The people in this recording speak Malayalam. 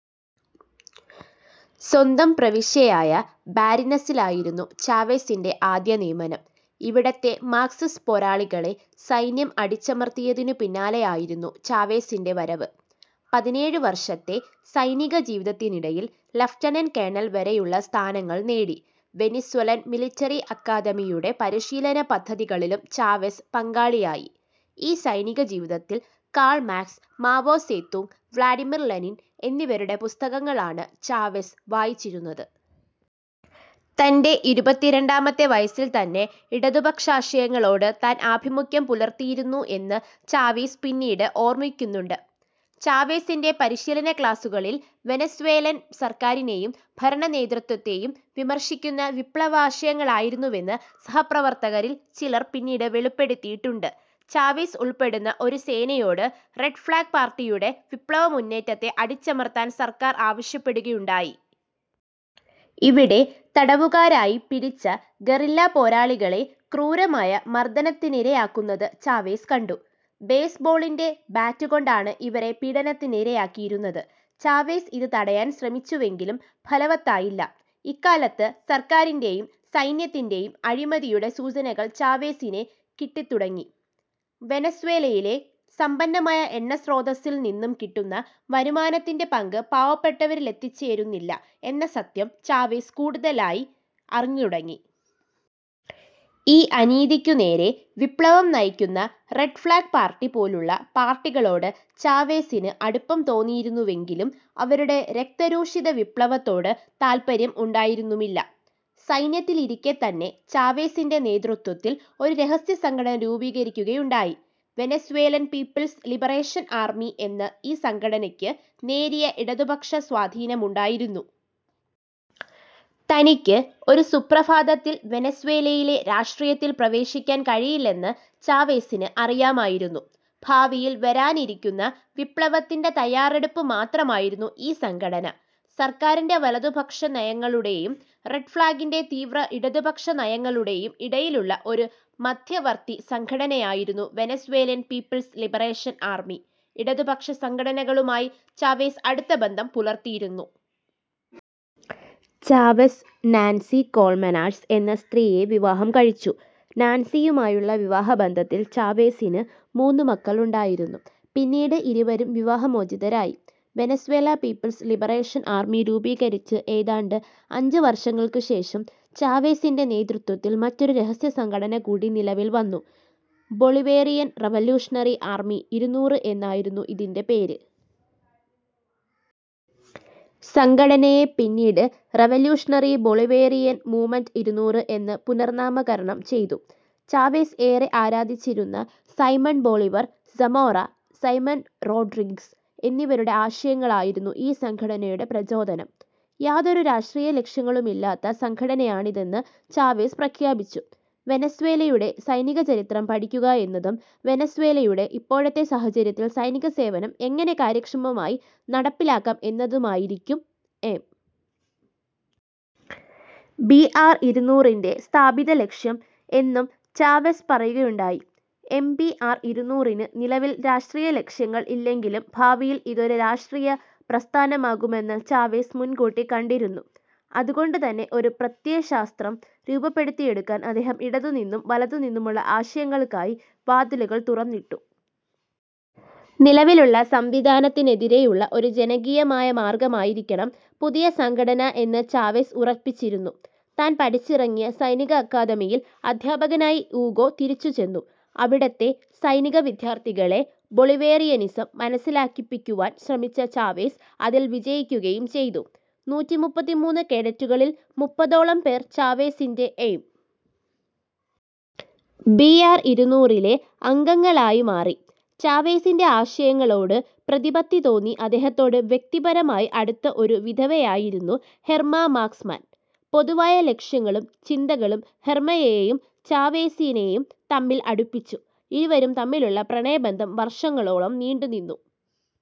സ്വന്തം പ്രവിശ്യയായ ബാരിനസിലായിരുന്നു ചാവെസിൻ്റെ ആദ്യനിയമനം. ഇവിടത്തെ മാർക്സിസ്റ്റ് പോരാളികളെ സൈന്യം അടിച്ചമർത്തിയതിനു പിന്നാലെയായിരുന്നു ചാവെസിൻ്റെ വരവ്. പതിനേഴുവർഷത്തെ സൈനിക ജീവിതത്തിനിടയിൽ ലെഫ്റ്റനൻ്റ കേണൽ വരെയുള്ള സ്ഥാനങ്ങൾ നേടി. വെനിസ്വെലൻ മിലിട്ടറി അക്കാദമിയുടെ പരിശീലന പദ്ധതികളിലും ചാവെസ് പങ്കാളിയായി. ഈ സൈനിക ജീവിതത്തിൽ Karl Marx Mao Zedong, Vladimir Lenin എന്നിവരുടെ പുസ്തകങ്ങളാണ് ചാവെസ് വായിച്ചിരുന്നത്. തൻ്റെ ഇരുപത്തിരണ്ടാമത്തെ വയസ്സിൽ തന്നെ ഇടതുപക്ഷാശയങ്ങളോട് താൻ ആഭിമുഖ്യം പുലർത്തിയിരുന്നു എന്ന് ചാവെസ് പിന്നീട് ഓർമ്മിക്കുന്നുണ്ട്. ചാവെസിൻ്റെ പരിശീലന ക്ലാസുകളിൽ വെനസ്വേലൻ സർക്കാരിനെയും ഭരണനേതൃത്വത്തെയും വിമർശിക്കുന്ന വിപ്ലവാശയങ്ങളായിരുന്നുവെന്ന് സഹപ്രവർത്തകരിൽ ചിലർ പിന്നീട് വെളിപ്പെടുത്തിയിട്ടുണ്ട്. ചാവെസ് ഉൾപ്പെടുന്ന ഒരു സേനയോട് റെഡ് ഫ്ലാഗ് പാർട്ടിയുടെ വിപ്ലവമുന്നേറ്റത്തെ അടിച്ചമർത്താൻ സർക്കാർ ആവശ്യപ്പെടുകയുണ്ടായി. ഇവിടെ തടവുകാരായി പിടിച്ച ഗറില്ലാ പോരാളികളെ ക്രൂരമായ മർദ്ദനത്തിനിരയാക്കുന്നത് ചാവെസ് കണ്ടു. ബേസ് ബോളിൻ്റെ ബാറ്റുകൊണ്ടാണ് ഇവരെ പീഡനത്തിനിരയാക്കിയിരുന്നത്. ചാവെസ് ഇത് തടയാൻ ശ്രമിച്ചുവെങ്കിലും ഫലവത്തായില്ല. ഇക്കാലത്ത് സർക്കാരിൻ്റെയും, സൈന്യത്തിൻ്റെയും അഴിമതിയുടെ സൂചനകൾ ചാവെസിനു കിട്ടിത്തുടങ്ങി. വെനസ്വേലയിലെ സമ്പന്നമായ എണ്ണസ്രോതസ്സിൽ നിന്നും കിട്ടുന്ന വരുമാനത്തിൻ്റെ പങ്ക് പാവപ്പെട്ടവരിലെത്തിച്ചേരുന്നില്ല എന്ന സത്യം ചാവെസ് കൂടുതലായി അറിഞ്ഞു തുടങ്ങി. ഈ അനീതിക്കുനേരെ വിപ്ലവം നയിക്കുന്ന റെഡ് ഫ്ലാഗ് പാർട്ടി പോലുള്ള പാർട്ടികളോട് ചാവെസിന് അടുപ്പം തോന്നിയിരുന്നുവെങ്കിലും അവരുടെ രക്തരൂഷിത വിപ്ലവത്തോട് താൽപര്യം ഉണ്ടായിരുന്നുമില്ല. സൈന്യത്തിലിരിക്കെത്തന്നെ ചാവെസിൻ്റെ നേതൃത്വത്തിൽ ഒരു രഹസ്യസംഘടന രൂപീകരിക്കുകയുണ്ടായി. വെനസ്വേലൻ പീപ്പിൾസ് ലിബറേഷൻ ആർമി എന്ന ഈ സംഘടനയ്ക്ക് നേരിയ ഇടതുപക്ഷ സ്വാധീനമുണ്ടായിരുന്നു. തനിക്ക് ഒരു സുപ്രഭാതത്തിൽ വെനസ്വേലയിലെ രാഷ്ട്രീയത്തിൽ പ്രവേശിക്കാൻ കഴിയില്ലെന്ന് ചാവെസിന് അറിയാമായിരുന്നു. ഭാവിയിൽ വരാനിരിക്കുന്ന വിപ്ലവത്തിൻ്റെ തയ്യാറെടുപ്പ് മാത്രമായിരുന്നു ഈ സംഘടന. സർക്കാരിൻ്റെ വലതുപക്ഷ നയങ്ങളുടേയും, റെഡ് ഫ്ലാഗിൻ്റെ തീവ്ര ഇടതുപക്ഷനയങ്ങളുടേയും ഇടയിലുള്ള ഒരു മദ്ധ്യവർത്തി സംഘടനയായിരുന്നു വെനസ്വേലൻ പീപ്പിൾസ് ലിബറേഷൻ ആർമി. ഇടതു പക്ഷ സംഘടനകളുമായി ചാവെസ് അടുത്ത ബന്ധം പുലർത്തിയിരുന്നു. ചാവെസ് നാൻസി കോൾമെനാഴ്സ് എന്ന സ്ത്രീയെ വിവാഹം കഴിച്ചു. നാൻസിയുമായുള്ള വിവാഹബന്ധത്തിൽ ചാവെസിന് മൂന്നു മക്കളുണ്ടായിരുന്നു. പിന്നീട് ഇരുവരും വിവാഹമോചിതരായി. വെനസ്വേല പീപ്പിൾസ് ലിബറേഷൻ ആർമി രൂപീകരിച്ച് ഏതാണ്ട് അഞ്ച് വർഷങ്ങൾക്കുശേഷം, ചാവെസിൻ്റെ നേതൃത്വത്തിൽ മറ്റൊരു രഹസ്യസംഘടന കൂടി നിലവിൽ വന്നു. ബൊളിവേറിയൻ റെവല്യൂഷണറി ആർമി ഇരുനൂറ് എന്നായിരുന്നു ഇതിൻ്റെ പേര്. സംഘടനയെ പിന്നീട് റെവല്യൂഷണറി ബൊളിവേറിയൻ മൂവ്മെൻ്റെ ഇരുനൂറ് എന്ന് പുനർനാമകരണം ചെയ്തു. ചാവെസ് ഏറെ ആരാധിച്ചിരുന്ന Simon Bolivar, Zamora, Simon Rodriguez എന്നിവരുടെ ആശയങ്ങളായിരുന്നു ഈ സംഘടനയുടെ പ്രചോദനം. യാതൊരു രാഷ്ട്രീയ ലക്ഷ്യങ്ങളുമില്ലാത്ത സംഘടനയാണിതെന്ന് ചാവെസ് പ്രഖ്യാപിച്ചു. വെനസ്വേലയുടെ സൈനിക ചരിത്രം പഠിക്കുക എന്നതും, വെനസ്വേലയുടെ ഇപ്പോഴത്തെ സാഹചര്യത്തിൽ സൈനിക സേവനം എങ്ങനെ കാര്യക്ഷമമായി നടപ്പിലാക്കാം എന്നതുമായിരിക്കും എം. ബി. ആർ ഇരുനൂറിൻ്റെ സ്ഥാപിത ലക്ഷ്യം എന്നും ചാവെസ് പറയുകയുണ്ടായി. എം. ബി. ആർ ഇരുനൂറിന് നിലവിൽ രാഷ്ട്രീയ ലക്ഷ്യങ്ങൾ ഇല്ലെങ്കിലും ഭാവിയിൽ ഇത് ഒരു രാഷ്ട്രീയ പ്രസ്ഥാനമാകുമെന്ന് ചാവെസ് മുൻകൂട്ടി കണ്ടിരുന്നു. അതുകൊണ്ട് തന്നെ ഒരു പ്രത്യയശാസ്ത്രം രൂപപ്പെടുത്തിയെടുക്കാൻ അദ്ദേഹം ഇടതു നിന്നും വലതുനിന്നുമുള്ള ആശയങ്ങൾക്കായി വാതിലുകൾ തുറന്നിട്ടു. നിലവിലുള്ള സംവിധാനത്തിനെതിരേയുള്ള ഒരു ജനകീയമായ മാർഗ്ഗമായിരിക്കണം പുതിയ സംഘടന എന്ന് ചാവെസ് ഉറപ്പിച്ചിരുന്നു. താൻ പഠിച്ചിറങ്ങിയ സൈനിക അക്കാദമിയിൽ അദ്ധ്യാപകനായി ഊഗോ തിരിച്ചുചെന്നു. അവിടത്തെ സൈനിക വിദ്യാർത്ഥികളെ ബൊളിവേറിയനിസം മനസ്സിലാക്കിപ്പിക്കുവാൻ ശ്രമിച്ച ചാവെസ് അതിൽ വിജയിക്കുകയും ചെയ്തു. നൂറ്റി മുപ്പത്തിമൂന്ന് കേഡറ്റുകളിൽ മുപ്പതോളം പേർ ചാവേസിൻ്റെ എം. ബി. ആർ ഇരുനൂറിലെ അംഗങ്ങളായി മാറി. ചാവേസിൻ്റെ ആശയങ്ങളോട് പ്രതിപത്തി തോന്നി അദ്ദേഹത്തോട് വ്യക്തിപരമായി അടുത്ത ഒരു വിധവയായിരുന്നു ഹെർമ മാർക്സ്മാൻ. പൊതുവായ ലക്ഷ്യങ്ങളും ചിന്തകളും ഹെർമയേയും, ചാവേസിനേയും തമ്മിൽ അടുപ്പിച്ചു. ഇരുവരും തമ്മിലുള്ള പ്രണയബന്ധം വർഷങ്ങളോളം നീണ്ടുനിന്നു.